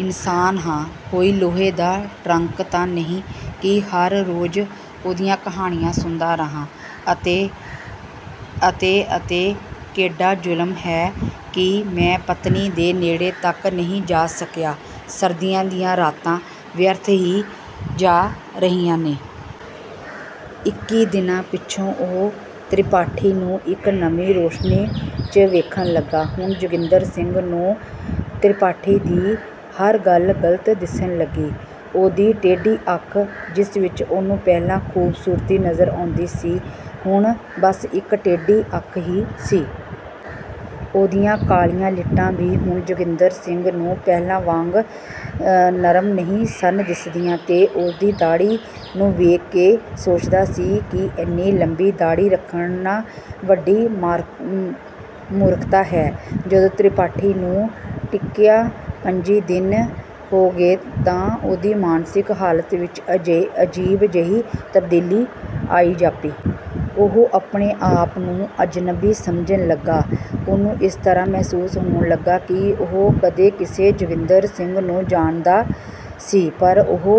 ਇਨਸਾਨ ਹਾਂ, ਕੋਈ ਲੋਹੇ ਦਾ ਟਰੰਕ ਤਾਂ ਨਹੀਂ ਕਿ ਹਰ ਰੋਜ਼ ਉਹਦੀਆਂ ਕਹਾਣੀਆਂ ਸੁਣਦਾ ਰਹਾਂ ਅਤੇ ਅਤੇ ਕੇਡਾ ਜ਼ੁਲਮ ਹੈ ਕਿ ਮੈਂ ਪਤਨੀ ਦੇ ਨੇੜੇ ਤਕ ਨਹੀਂ ਜਾ ਸਕਿਆ। ਸਰਦੀਆਂ ਦੀਆਂ ਰਾਤਾਂ ਵਿਅਰਥ ਹੀ ਜਾ ਰਹੀਆਂ ਨੇ। ਇੱਕੀ ਦਿਨਾਂ ਪਿੱਛੋਂ ਉਹ ਤ੍ਰਿਪਾਠੀ ਨੂੰ ਇਕ ਨਵੀਂ ਰੌਸ਼ਨੀ ’ਚ ਵੇਖਣ ਲੱਗਾ। ਹੁਣ ਜੋਗਿੰਦਰ ਸਿੰਘ ਨੂੰ ਤ੍ਰਿਪਾਠੀ ਦੀ ਹਰ ਗੱਲ ਗਲਤ ਦਿਸਣ ਲੱਗੀ। ਉਹਦੀ ਟੇਢੀ ਅੱਖ, ਜਿਸ ਵਿੱਚ ਉਹਨੂੰ ਪਹਿਲਾਂ ਖੂਬਸੂਰਤੀ ਨਜ਼ਰ ਆਉਂਦੀ ਸੀ, ਹੁਣ ਬੱਸ ਇੱਕ ਟੇਢੀ ਅੱਖ ਹੀ ਸੀ। ਉਹਦੀਆਂ ਕਾਲੀਆਂ ਲਿਟਾਂ ਵੀ ਹੁਣ ਜੋਗਿੰਦਰ ਸਿੰਘ ਨੂੰ ਪਹਿਲਾਂ ਵਾਂਗ ਨਰਮ ਨਹੀਂ ਸਨ ਦਿਸਦੀਆਂ ਤੇ ਉਹਦੀ ਦਾੜ੍ਹੀ ਨੂੰ ਵੇਖ ਕੇ ਸੋਚਦਾ ਸੀ ਕਿ ਇੰਨੀ ਲੰਬੀ ਦਾੜ੍ਹੀ ਰੱਖਣਾ ਵੱਡੀ ਮੂਰਖਤਾ ਹੈ। ਜਦੋਂ ਤ੍ਰਿਪਾਠੀ ਨੂੰ ਟਿਕਿਆਂ ਪੰਝੀ ਦਿਨ ਹੋ ਗਏ ਤਾਂ ਉਹਦੀ ਮਾਨਸਿਕ ਹਾਲਤ ਵਿੱਚ ਅਜੀਬ ਜਿਹੀ ਤਬਦੀਲੀ ਆਈ ਜਾਪੀ। ਉਹ ਆਪਣੇ ਆਪ ਨੂੰ ਅਜਨਬੀ ਸਮਝਣ ਲੱਗਿਆ। ਉਹਨੂੰ ਇਸ ਤਰ੍ਹਾਂ ਮਹਿਸੂਸ ਹੋਣ ਲੱਗਿਆ ਕਿ ਉਹ ਕਦੇ ਕਿਸੇ ਜੋਗਿੰਦਰ ਸਿੰਘ ਨੂੰ ਜਾਣਦਾ ਸੀ ਪਰ ਉਹ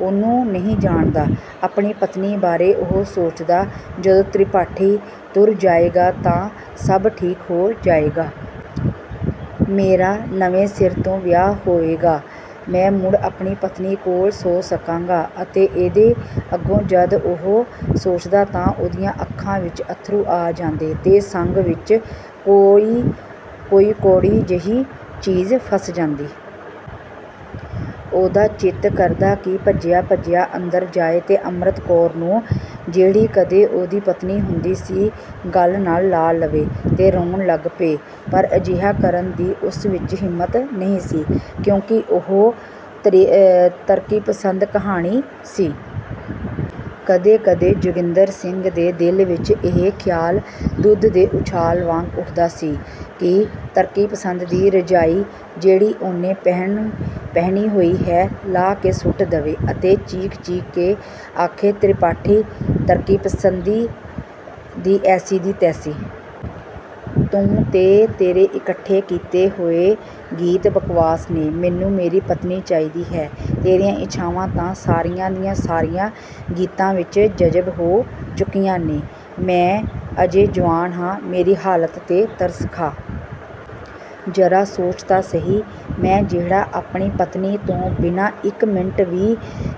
ਉਹਨੂੰ ਨਹੀਂ ਜਾਣਦਾ। ਆਪਣੀ ਪਤਨੀ ਬਾਰੇ ਉਹ ਸੋਚਦਾ, ਜਦੋਂ ਤ੍ਰਿਪਾਠੀ ਤੁਰ ਜਾਏਗਾ ਤਾਂ ਸਭ ਠੀਕ ਹੋ ਜਾਏਗਾ। ਮੇਰਾ ਨਵੇਂ ਸਿਰੇ ਤੋਂ ਵਿਆਹ ਹੋਵੇਗਾ। ਮੈਂ ਮੁੜ ਆਪਣੀ ਪਤਨੀ ਕੋਲ ਸੌਂ ਸਕਾਂਗਾ ਅਤੇ ਇਹਦੇ ਅੱਗੋਂ ਜਦ ਉਹ ਸੋਚਦਾ ਤਾਂ ਉਹਦੀਆਂ ਅੱਖਾਂ ਵਿੱਚ ਅੱਥਰੂ ਆ ਜਾਂਦੇ ਤੇ ਸੰਘ ਵਿੱਚ ਕੋਈ ਕੌੜੀ ਜਿਹੀ ਚੀਜ਼ ਫਸ ਜਾਂਦੀ। ਉਹਦਾ ਚਿੱਤ ਕਰਦਾ ਕਿ ਭੱਜਿਆ-ਭੱਜਿਆ ਅੰਦਰ ਜਾਏ ਤੇ ਅੰਮ੍ਰਿਤ ਕੌਰ ਨੂੰ, ਜਿਹੜੀ ਕਦੇ ਉਹਦੀ ਪਤਨੀ ਹੁੰਦੀ ਸੀ, ਗਲ ਨਾਲ ਲਾ ਲਵੇ ਤੇ ਰੋਣ ਲੱਗ ਪਏ। ਪਰ ਅਜਿਹਾ ਕਰਨ ਦੀ ਉਸ ਵਿੱਚ ਹਿੰਮਤ ਨਹੀਂ ਸੀ ਕਿਉਂਕਿ ਉਹ ਤਰੱਕੀਪਸੰਦ ਕਹਾਣੀਕਾਰ ਸੀ। ਕਦੇ-ਕਦੇ ਜੋਗਿੰਦਰ ਸਿੰਘ ਦੇ ਦਿਲ ਵਿੱਚ ਇਹ ਖ਼ਿਆਲ ਦੁੱਧ ਦੇ ਉਛਾਲ ਵਾਂਗ ਉੱਠਦਾ ਕਿ ਤਰੱਕੀਪਸੰਦ ਦੀ ਰਜ਼ਾਈ ਜਿਹੜੀ ਉਹਨੇ ਪਹਿਨੀ ਹੋਈ ਹੈ, ਲਾਹ ਕੇ ਸੁੱਟ ਦੇਵੇ ਅਤੇ ਚੀਕ-ਚੀਕ ਕੇ ਆਖੇ, ਤ੍ਰਿਪਾਠੀ, ਤਰੱਕੀਪਸੰਦੀ ਦੀ ਐਸੀ ਦੀ ਤੈਸੀ। ਤੂੰ ਤੇ ਤੇਰੇ ਇਕੱਠੇ ਕੀਤੇ ਹੋਏ ਗੀਤ ਬਕਵਾਸ ਨੇ, ਮੈਨੂੰ ਮੇਰੀ ਪਤਨੀ ਚਾਹੀਦੀ ਹੈ। ਤੇਰੀਆਂ ਇੱਛਾਵਾਂ ਤਾਂ ਸਾਰੀਆਂ ਦੀਆਂ ਸਾਰੀਆਂ ਗੀਤਾਂ ਵਿੱਚ ਜਜ਼ਬ ਹੋ ਚੁੱਕੀਆਂ ਨੇ। ਮੈਂ ਅਜੇ ਜੁਆਨ ਹਾਂ, ਮੇਰੀ ਹਾਲਤ ’ਤੇ ਤਰਸ ਖਾ। ਜ਼ਰਾ ਸੋਚ ਤਾਂ ਸਹੀ, ਮੈਂ ਜਿਹੜਾ ਆਪਣੀ ਪਤਨੀ ਤੋਂ ਬਿਨਾਂ ਇੱਕ ਮਿੰਟ ਵੀ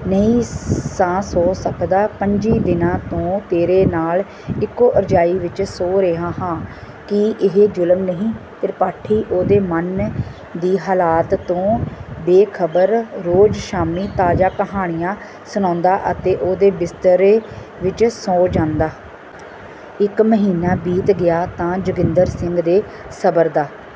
ਨਹੀਂ ਸਾਂ ਸੌਂ ਸਕਦਾ, ਪੰਝੀ ਦਿਨਾਂ ਤੋਂ ਤੇਰੇ ਨਾਲ ਇੱਕੋ ਰਜ਼ਾਈ ਵਿੱਚ ਸੌਂ ਰਿਹਾ ਹਾਂ। ਕੀ ਇਹ ਜ਼ੁਲਮ ਨਹੀਂ? ਤ੍ਰਿਪਾਠੀ ਉਹਦੇ ਮਨ ਦੀ ਹਾਲਤ ਤੋਂ ਬੇਖਬਰ ਰੋਜ਼ ਸ਼ਾਮੀਂ ਤਾਜ਼ਾ ਕਹਾਣੀਆਂ ਸੁਣਾਉਂਦਾ ਅਤੇ ਉਹਦੇ ਬਿਸਤਰੇ ਵਿੱਚ ਸੌਂ ਜਾਂਦਾ। ਇੱਕ ਮਹੀਨਾ ਬੀਤ ਗਿਆ ਤਾਂ ਜੋਗਿੰਦਰ ਸਿੰਘ ਦੇ ਸਬਰ ਦਾ